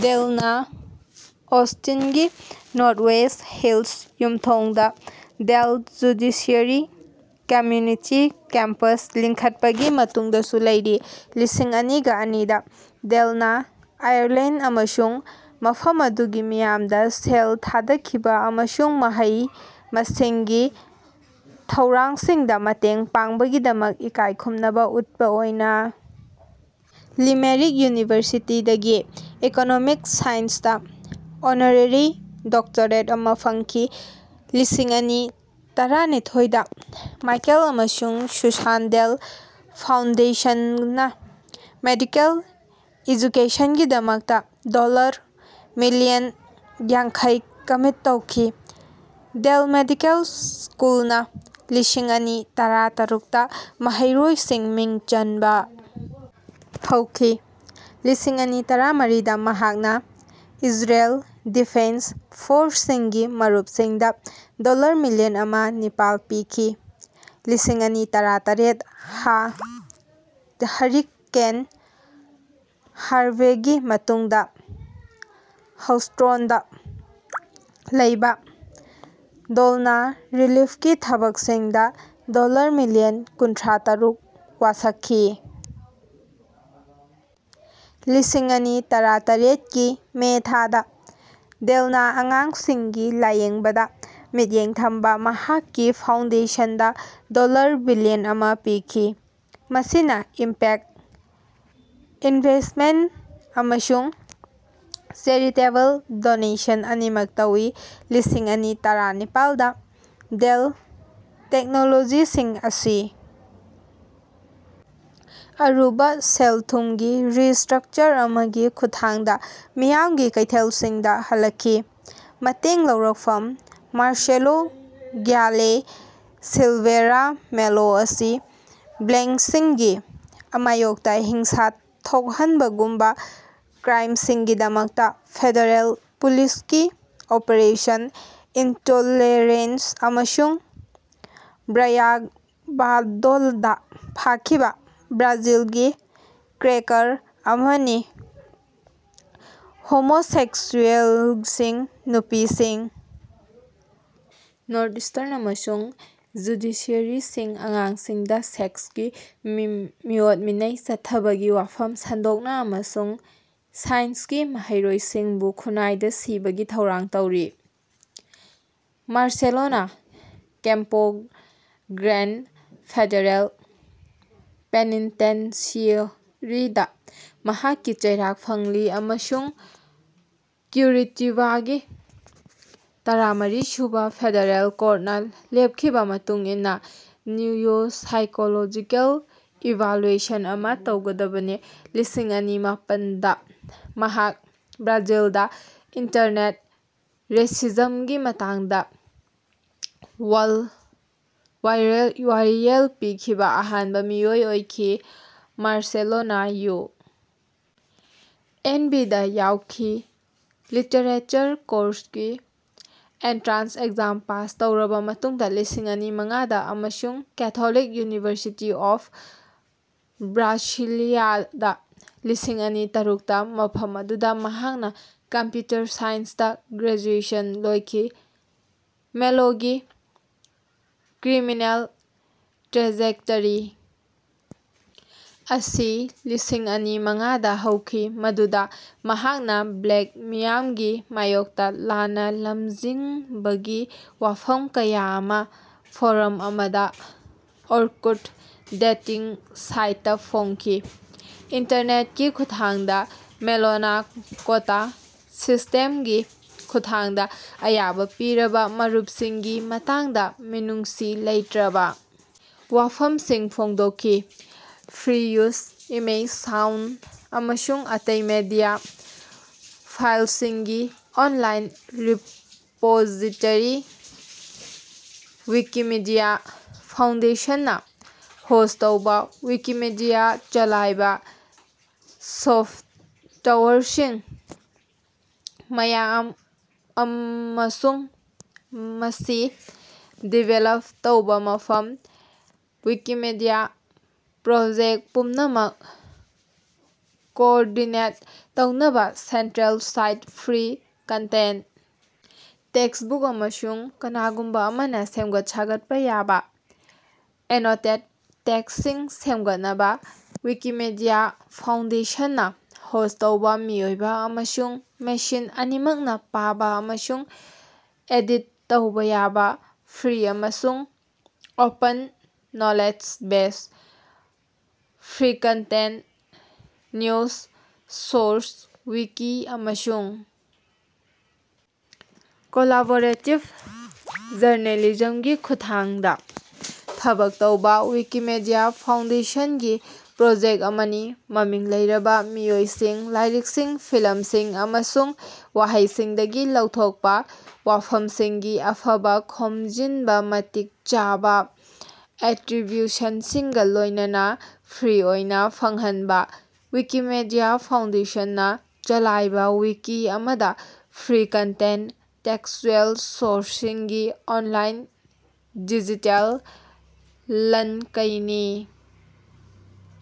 ꯗꯦꯜꯅꯥ ꯑꯣꯁꯇꯤꯟꯒꯤ Northwest Hills ꯌꯨꯝꯊꯣꯡꯗꯥ Dell judiciary community campus ꯂꯤꯡꯈꯠꯄꯒꯤ ꯃꯇꯨꯡꯗꯁꯨ ꯂꯩꯔꯤ꯫ ꯂꯤꯁꯤꯡ ꯑꯅꯤꯒ ꯑꯅꯤꯗꯥ ꯗꯦꯜꯅꯥ ꯑꯥꯌꯔꯂꯦꯟꯗ ꯑꯃꯁꯨꯡ ꯃꯐꯝ ꯑꯗꯨꯒꯤ ꯃꯤꯌꯥꯝꯗꯥ ꯁꯦꯜ ꯊꯥꯗꯈꯤꯕꯥ ꯑꯃꯁꯨꯡ ꯃꯍꯩ ꯃꯁꯤꯡꯒꯤ ꯊꯧꯔꯥꯡꯁꯤꯡꯗꯥ ꯃꯇꯦꯡ ꯄꯥꯡꯕꯒꯤꯗꯃꯛ ꯏꯀꯥꯏ ꯈꯨꯝꯅꯕꯥ ꯎꯠꯄꯥ ꯑꯣꯏꯅꯥ ꯂꯤꯃꯦꯔꯤꯛ ꯌꯨꯅꯤꯚꯔꯁꯤꯇꯤꯗꯒꯤ ꯏꯀꯣꯅꯣꯃꯤꯛ ꯁꯥꯏꯟꯁꯇꯥ ꯑꯣꯅꯔꯦꯔꯤ ꯗꯣꯛꯇꯔꯦꯠ ꯑꯃꯥ ꯐꯪꯈꯤ꯫ ꯂꯤꯁꯤꯡ ꯑꯅꯤ ꯇꯔꯥꯅꯤꯊꯣꯏꯗ ꯃꯥꯏꯀꯦꯜ ꯑꯃꯁꯨꯡ ꯁꯨꯁꯥꯟ ꯗꯦꯜ ꯐꯥꯎꯟꯗꯦꯁꯟꯅꯥ ꯃꯦꯗꯤꯀꯦꯜ ꯑꯦꯖꯨꯀꯦꯁꯟꯒꯤꯗꯃꯛ ꯗꯣꯜꯂꯔ ꯃꯤꯂꯤꯌꯟ ꯌꯥꯡꯈꯩ ꯀꯃꯤꯠ ꯇꯧꯈꯤ꯫ ꯗꯦꯜ ꯃꯦꯗꯤꯀꯦꯜ ꯁ꯭ꯀꯨꯜꯅꯥ ꯂꯤꯁꯤꯡ ꯑꯅꯤ ꯇꯔꯥ ꯇꯔꯨꯛꯇ ꯃꯍꯩꯔꯣꯏꯁꯤꯡ ꯃꯤꯡ ꯆꯟꯕꯥ ꯍꯧꯈꯤ꯫ ꯂꯤꯁꯤꯡ ꯑꯅꯤ ꯇꯔꯥ ꯃꯔꯤꯗ ꯃꯍꯥꯛꯅꯥ ꯏꯖꯔꯦꯜ ꯗꯤꯐꯦꯟꯁ ꯐꯣꯔꯁꯁꯤꯡꯒꯤ ꯃꯔꯨꯞꯁꯤꯡꯗꯥ ꯗꯣꯜꯂꯔ ꯃꯤꯂꯤꯌꯟ ꯑꯃ ꯅꯤꯄꯥꯟ ꯄꯤꯈꯤ꯫ ꯂꯤꯁꯤꯡ ꯑꯅꯤ ꯇꯔꯥ ꯇꯔꯦꯠ ꯇꯥ ꯍꯔꯤꯀꯦꯟ ꯍꯥꯔꯚꯦꯒꯤ ꯃꯇꯨꯡꯗꯥ ꯍꯧꯁ꯭ꯇꯣꯟꯗꯥ ꯂꯩꯕꯥ ꯗꯦꯜꯅꯥ ꯔꯤꯂꯤꯐꯀꯤ ꯊꯕꯛꯁꯤꯡꯗꯥ ꯗꯣꯜꯂꯔ ꯃꯤꯂꯤꯌꯟ ꯀꯨꯟꯊ꯭ꯔꯥ ꯇꯔꯨꯛ ꯋꯥꯁꯛꯈꯤ꯫ ꯂꯤꯁꯤꯡ ꯑꯅꯤ ꯇꯔꯥ ꯇꯔꯦꯠ ꯀꯤ ꯃꯦ ꯊꯥꯗꯥ ꯗꯦꯜꯅꯥ ꯑꯉꯥꯡꯁꯤꯡꯒꯤ ꯂꯥꯌꯦꯡꯕꯗꯥ ꯃꯤꯠꯌꯦꯡ ꯊꯝꯕꯥ ꯃꯍꯥꯛꯀꯤ ꯐꯥꯎꯟꯗꯦꯁꯟꯗꯥ ꯗꯣꯜꯂꯔ ꯕꯤꯂꯤꯌꯟ ꯑꯃ ꯄꯤꯈꯤ; ꯃꯁꯤꯅꯥ ꯏꯝꯄꯦꯛ ꯏꯟꯚꯦꯁꯠꯃꯦꯟꯠ ꯑꯃꯁꯨꯡ ꯆꯦꯔꯤꯇꯦꯕꯜ ꯗꯣꯅꯦꯁꯟ ꯑꯅꯤꯃꯛ ꯇꯧꯏ꯫ ꯂꯤꯁꯤꯡ ꯑꯅꯤ ꯇꯔꯥ ꯅꯤꯄꯥꯟꯗꯥ ꯗꯦꯜ ꯇꯦꯛꯅꯣꯂꯣꯖꯤꯁꯤꯡ ꯑꯁꯤ ꯑꯔꯨꯕꯥ ꯁꯦꯜ ꯊꯨꯝꯒꯤ ꯔꯤꯁ꯭ꯇꯔꯛꯆꯔ ꯑꯃꯒꯤ ꯈꯨꯠꯊꯥꯡꯗꯥ ꯃꯤꯌꯥꯝꯒꯤ ꯀꯩꯊꯦꯜꯁꯤꯡꯗꯥ ꯍꯜꯂꯛꯈꯤ꯫ ꯃꯇꯦꯡ ꯂꯧꯔꯛꯐꯝ ꯃꯥꯔꯁꯦꯂꯣ ꯚ꯭ꯌꯥꯂꯦ ꯁꯤꯂꯚꯦꯔꯥ ꯃꯦꯂꯣ ꯑꯁꯤ ꯕ꯭ꯂꯦꯛꯁꯤꯡꯒꯤ ꯃꯥꯌꯣꯛꯇꯥ ꯍꯤꯡꯁꯥ ꯊꯣꯛꯍꯟꯕꯒꯨꯝꯕꯥ ꯀ꯭ꯔꯥꯏꯝꯁꯤꯡꯒꯤꯗꯃꯛ ꯐꯦꯗꯔꯦꯜ ꯄꯨꯂꯤꯁꯀꯤ ꯑꯣꯄꯔꯦꯁꯟ ꯏꯟꯇꯣꯂꯦꯔꯦꯟꯁ ꯑꯃꯁꯨꯡ ꯕ꯭ꯔꯌꯥꯚꯥꯗꯣꯗꯥ ꯐꯥꯈꯤꯕꯥ ꯕ꯭ꯔꯥꯖꯤꯜꯒꯤ ꯀ꯭ꯔꯦꯀꯔ ꯑꯃꯅꯤ ꯍꯣꯃꯣꯁꯦꯛꯁꯨꯑꯦꯜꯁꯤꯡ ꯅꯨꯄꯤꯁꯤꯡ ꯅꯣꯔꯊ ꯏꯁ꯭ꯇꯔꯟꯁꯤꯡ ꯑꯃꯁꯨꯡ ꯖꯨꯗꯤꯁꯤꯌꯔꯤꯁꯤꯡ ꯑꯉꯥꯡꯁꯤꯡꯗꯥ ꯁꯦꯛꯁꯀꯤ ꯃꯤꯑꯣꯠ ꯃꯤꯅꯩ ꯆꯠꯊꯕꯒꯤ ꯋꯥꯐꯝ ꯁꯟꯗꯣꯛꯏ ꯑꯃꯁꯨꯡ ꯁꯥꯏꯟꯁꯀꯤ ꯃꯍꯩꯔꯣꯏꯁꯤꯡꯕꯨ ꯈꯨꯅꯥꯏꯗꯥ ꯁꯤꯕꯒꯤ ꯊꯧꯔꯥꯡ ꯇꯧꯔꯤ꯫ ꯃꯥꯔꯁꯦꯂꯣꯅꯥ ꯀꯦꯝꯄꯣ ꯒ꯭ꯔꯦꯟꯗ ꯐꯦꯗꯔꯦꯜ ꯄꯦꯅꯤꯟꯇꯦꯟꯁꯤꯑꯦꯔꯤꯗꯥ ꯃꯍꯥꯛꯀꯤ ꯆꯩꯔꯥꯛ ꯐꯪꯂꯤ ꯑꯃꯁꯨꯡ ꯀ꯭ꯌꯨꯔꯤꯇꯤꯕꯥꯒꯤ ꯇꯔꯥꯃꯔꯤ ꯁꯨꯕꯥ ꯐꯦꯗꯔꯦꯜ ꯀꯣꯔꯠꯅꯥ ꯂꯦꯞꯈꯤꯕꯥ ꯃꯇꯨꯡ ꯏꯟꯅꯥ ꯅ꯭ꯌꯨꯔꯣꯁꯥꯏꯀꯣꯂꯣꯖꯤꯀꯦꯜ ꯏꯚꯥꯂꯨꯑꯦꯁꯟ ꯑꯃꯥ ꯇꯧꯒꯗꯕꯅꯤ꯫ ꯂꯤꯁꯤꯡ ꯑꯅꯤ ꯃꯥꯄꯟꯗꯥ ꯃꯍꯥꯛ ꯕ꯭ꯔꯥꯖꯤꯜꯗꯥ ꯏꯟꯇꯔꯅꯦꯠ ꯔꯦꯁꯤꯖꯝꯒꯤ ꯃꯇꯥꯡꯗꯥ ꯋꯥꯌꯦꯜ ꯄꯤꯈꯤꯕꯥ ꯑꯍꯥꯟꯕꯥ ꯃꯤꯑꯣꯏ ꯑꯣꯏꯈꯤ ꯃꯥꯔꯁꯦꯂꯣꯅꯥ ꯌꯨ. ꯑꯦꯟ. ꯕꯤ. ꯗꯥ ꯌꯥꯎꯈꯤ ꯂꯤꯇꯔꯦꯆꯔ ꯀꯣꯔꯁꯀꯤ ꯑꯦꯟꯇ꯭ꯔꯥꯟꯁ ꯑꯦꯛꯖꯥꯝ ꯄꯥꯁ ꯇꯧꯔꯕꯥ ꯃꯇꯨꯡꯗꯥ ꯂꯤꯁꯤꯡ ꯑꯅꯤ ꯃꯉꯥꯗꯥ ꯑꯃꯁꯨꯡ ꯀꯦꯊꯣꯂꯤꯛ ꯌꯨꯅꯤꯚꯔꯁꯤꯇꯤ ꯑꯣꯐ ꯕ꯭ꯔꯥꯁꯤꯂꯤꯌꯥ ꯗꯥ ꯂꯤꯁꯤꯡ ꯑꯅꯤ ꯇꯔꯨꯛꯇ ꯃꯐꯝ ꯑꯗꯨꯗꯥ ꯃꯍꯥꯛꯅꯥ ꯀꯝꯄ꯭ꯌꯨꯇꯔ ꯁꯥꯏꯟꯁꯇꯥ ꯒ꯭ꯔꯦꯖꯨꯑꯦꯁꯟ ꯂꯣꯏꯈꯤ꯫ ꯃꯦꯂꯣꯒꯤ ꯀ꯭ꯔꯤꯃꯤꯅꯦꯜ ꯇ꯭ꯔꯦꯖꯦꯛꯇꯔꯤ ꯑꯁꯤ ꯂꯤꯁꯤꯡ ꯑꯅꯤ ꯃꯉꯥꯗꯥ ꯍꯧꯈꯤ ꯃꯗꯨꯗꯥ ꯃꯍꯥꯛꯅꯥ ꯕ꯭ꯂꯦꯛ ꯃꯤꯌꯥꯝꯒꯤ ꯃꯥꯌꯣꯛꯇꯥ ꯂꯥꯟꯅꯥ ꯂꯝꯖꯤꯡꯕꯒꯤ ꯋꯥꯐꯝ ꯀꯌꯥ ꯑꯃꯥ ꯐꯣꯔꯝ ꯑꯃꯗꯥ ꯑꯣꯔꯀꯨꯠ ꯗꯦꯇꯤꯡ ꯁꯥꯏꯠꯇꯥ ꯐꯣꯡꯈꯤ꯫ ꯏꯟꯇꯔꯅꯦꯠꯀꯤ ꯈꯨꯠꯊꯥꯡꯗꯥ ꯃꯦꯂꯣꯅꯥ ꯀꯣꯇꯥ ꯁꯤꯁ꯭ꯇꯦꯝꯒꯤ ꯈꯨꯠꯊꯥꯡꯗꯥ ꯑꯌꯥꯕꯥ ꯄꯤꯔꯕꯥ ꯃꯔꯨꯞꯁꯤꯡꯒꯤ ꯃꯇꯥꯡꯗꯥ ꯃꯤꯅꯨꯡꯁꯤ ꯂꯩꯇ꯭ꯔꯕꯥ ꯋꯥꯐꯝꯁꯤꯡ ꯐꯣꯡꯗꯣꯛꯈꯤ꯫ ꯐ꯭ꯔꯤ-ꯌꯨꯖ ꯏꯃꯦꯖ ꯁꯥꯎꯟꯗ ꯑꯃꯁꯨꯡ ꯑꯇꯩ ꯃꯤꯗꯤꯌꯥ ꯐꯥꯏꯜꯁꯤꯡꯒꯤ ꯑꯣꯟꯂꯥꯏꯟ ꯔꯤꯄꯣꯖꯤꯇꯔꯤ, ꯋꯤꯀꯤꯃꯤꯗꯤꯌꯥ ꯐꯥꯎꯟꯗꯦꯁꯟꯅꯥ ꯍꯣꯁ꯭ꯠ ꯇꯧꯕ ꯋꯤꯀꯤꯄꯤꯗꯤꯌꯥ ꯆꯂꯥꯏꯕꯥ ꯁꯣꯐꯇꯋꯥꯌꯔꯒꯤ ꯃꯌꯨꯝ ꯑꯃꯁꯨꯡ ꯃꯁꯤ ꯗꯤꯚꯦꯂꯞ ꯇꯧꯕꯥ ꯃꯐꯝ꯫ ꯋꯤꯀꯤꯃꯤꯗꯤꯌꯥ ꯄ꯭ꯔꯣꯖꯦꯛꯇ ꯄꯨꯝꯅꯃꯛ ꯀꯣꯑꯣꯔꯗꯤꯅꯦꯠ ꯇꯧꯅꯕꯥ ꯁꯦꯟꯇ꯭ꯔꯦꯜ ꯁꯥꯏꯠ ꯐ꯭ꯔꯤ ꯀꯟꯇꯦꯟꯠ ꯇꯦꯛꯁꯕꯨꯛꯁꯤꯡ ꯑꯃꯁꯨꯡ ꯀꯅꯥꯒꯨꯝꯕꯥ ꯑꯃꯅꯥ ꯁꯦꯝꯒꯠ ꯁꯥꯒꯠꯄ ꯌꯥꯕꯥ ꯑꯦꯅꯣꯇꯦꯗ ꯇꯦꯛꯁꯁꯤꯡ ꯁꯦꯝꯒꯠꯅꯕꯥ ꯋꯤꯀꯤꯃꯤꯗꯤꯌꯥ ꯐꯥꯎꯟꯗꯦꯁꯟꯅꯥ ꯍꯣꯁ꯭ꯠ ꯇꯧꯕꯥ ꯃꯤꯑꯣꯏꯕꯥ ꯑꯃꯁꯨꯡ ꯃꯦꯁꯤꯟ ꯑꯅꯤꯃꯛꯅꯥ ꯄꯥꯕꯥ ꯑꯃꯁꯨꯡ ꯑꯦꯗꯤꯠ ꯇꯧꯕꯥ ꯌꯥꯕꯥ ꯐ꯭ꯔꯤ ꯑꯃꯁꯨꯡ open knowledge base. Free content news source wiki ꯑꯃꯁꯨꯡ ꯀꯣꯂꯥꯕꯣꯔꯦꯇꯤꯕ ꯖꯔꯅꯦꯂꯤꯖꯝꯒꯤ ꯈꯨꯠꯊꯥꯡꯗꯥ ꯊꯕꯛ ꯇꯧꯕꯥ ꯋꯤꯀꯤꯃꯤꯗꯤꯌꯥ ꯐꯥꯎꯟꯗꯦꯁꯟꯒꯤ ꯄ꯭ꯔꯣꯖꯦꯛ ꯑꯃꯅꯤ꯫ ꯃꯃꯤꯡ ꯂꯩꯔꯕ ꯃꯤꯑꯣꯏꯁꯤꯡ ꯂꯥꯏꯔꯤꯛꯁꯤꯡ ꯐꯤꯂꯝꯁꯤꯡ ꯑꯃꯁꯨꯡ ꯋꯥꯍꯩꯁꯤꯡꯗꯒꯤ ꯂꯧꯊꯣꯛꯄꯥ ꯋꯥꯐꯝꯁꯤꯡꯒꯤ ꯑꯐꯕ ꯈꯣꯝꯖꯤꯟꯕ ꯃꯇꯤꯛ ꯆꯥꯕꯥ ꯑꯦꯇ꯭ꯔꯤꯕ꯭ꯌꯨꯁꯟꯁꯤꯡꯒꯥ ꯂꯣꯏꯅꯅꯥ ꯐ꯭ꯔꯤ ꯑꯣꯏꯅꯥ ꯐꯪꯍꯟꯕꯥ꯫ ꯋꯤꯀꯤꯃꯤꯗꯤꯌꯥ ꯐꯥꯎꯟꯗꯦꯁꯟꯅꯥ ꯆꯂꯥꯏꯕꯥ ꯋꯤꯀꯤ ꯑꯃꯗꯥ ꯐ꯭ꯔꯤ ꯀꯟꯇꯦꯟ ꯇꯦꯛꯆꯨꯑꯦꯜ ꯁꯣꯔꯁꯁꯤꯡꯒꯤ ꯑꯣꯟꯂꯥꯏꯟ ꯗꯤꯖꯤꯇꯦꯜ ꯂꯟꯀꯩꯅꯤ꯫